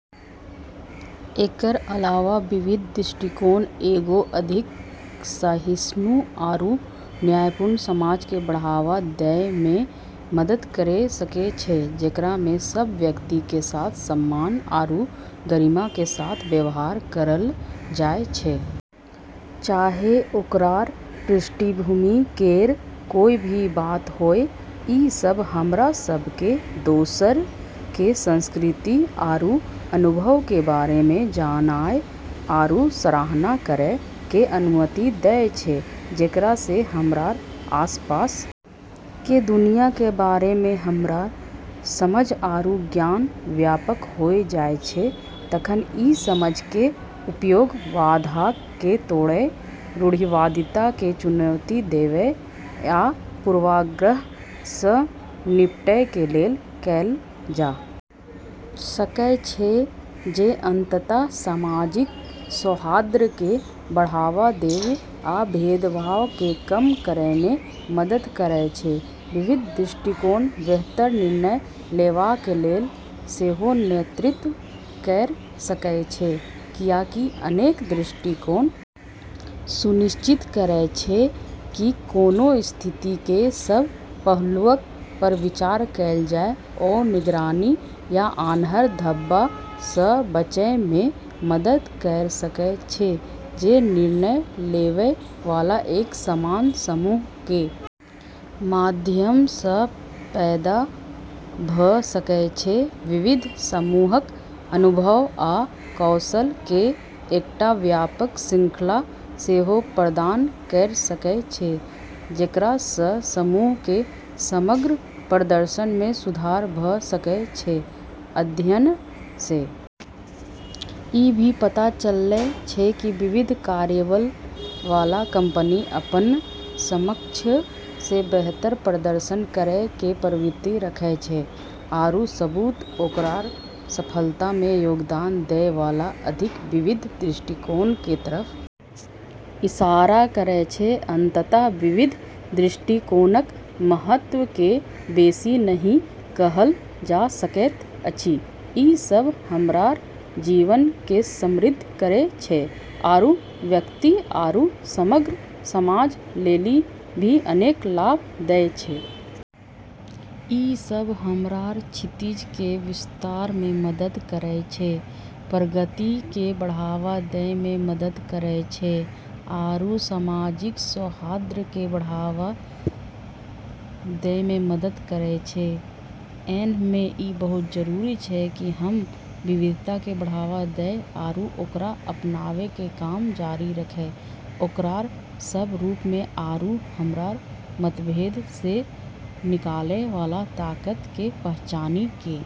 एकरऽ अलावा विविध दृष्टिकोण एगो अधिक सहिष्णु आरू न्यायपूर्ण समाज के बढ़ावा दै मे मदद करी सकै छै जेकरा मे सब व्यक्ति के साथ सम्मान आरू गरिमा के साथ व्यवहार करलऽ जाय छै, चाहे ओकरऽ पृष्ठभूमि केरऽ कोय भी बात होय, ई सब हमरा सब के दोसरऽ के संस्कृति आरू अनुभव के बारे मे जानय आरू सराहना करै के अनुमति दै छै जेकरा से हमरऽ आसपास के दुनिया के बारे मे हमरऽ समझ आरू ज्ञान व्यापक होय जाय छै तखन इ समझ कें उपयोग बाधाक कें तोड़य, रूढ़िवादिता कें चुनौती देवय आ पूर्वाग्रह सं निपटय कें लेल कैल जा सकय छै जे अंतत: सामाजिक सौहार्द कें बढ़ावा देवय आ भेदभाव कें कम करय मे मदद करय छै विविध दृष्टिकोण बेहतर निर्णय लेवा कें लेल सेहो नेतृत्व कयर सकय छै, कियाकि अनेक दृष्टिकोण सुनिश्चित करय छै कि कोनों स्थिति कें सब पहलुअक पर विचार कैल जाय ओ निगरानी या आन्हर धब्बा सं बचय मे मदद कयर सकय छै जे निर्णय लेवय वाला एक समान समूह कें माध्यम सं पैदा भ सकय छै, विविध समूहक अनुभव आ कौशल कें एकटा व्यापक श्रृंखला सेहो प्रदान कयर सकय छै, जेकरा सं समूह कें समग्र प्रदर्शन मे सुधार भ सकय छै, अध्ययनऽ से ई भी पता चललै छै कि विविध कार्यबल वाला कंपनी अपनऽ समकक्षऽ से बेहतर प्रदर्शन करै के प्रवृत्ति रखै छै आरू सबूत ओकरऽ सफलता मे योगदान दै वाला अधिक विविध दृष्टिकोण के तरफ इशारा करै छै, अंततः विविध दृष्टिकोणक महत्व केँ बेसी नहि कहल जा सकैत अछि, ई सब हमरऽ जीवन के समृद्ध करै छै आरू व्यक्ति आरू समग्र समाज लेली भी अनेक लाभ दै छै, ई सब हमरऽ क्षितिज के विस्तार मे मदद करै छै, प्रगति के बढ़ावा दै मे मदद करै छै आरू सामाजिक सौहार्द के बढ़ावा दै मे मदद करै छै, ऐन्हऽ मे ई बहुत जरूरी छै कि हम्म विविधता के बढ़ावा दै आरू ओकरा अपनाबै के काम जारी रखै ओकरऽ सब रूप मे आरू हमरऽ मतभेद से निकलै वाला ताकत के पहचानी के।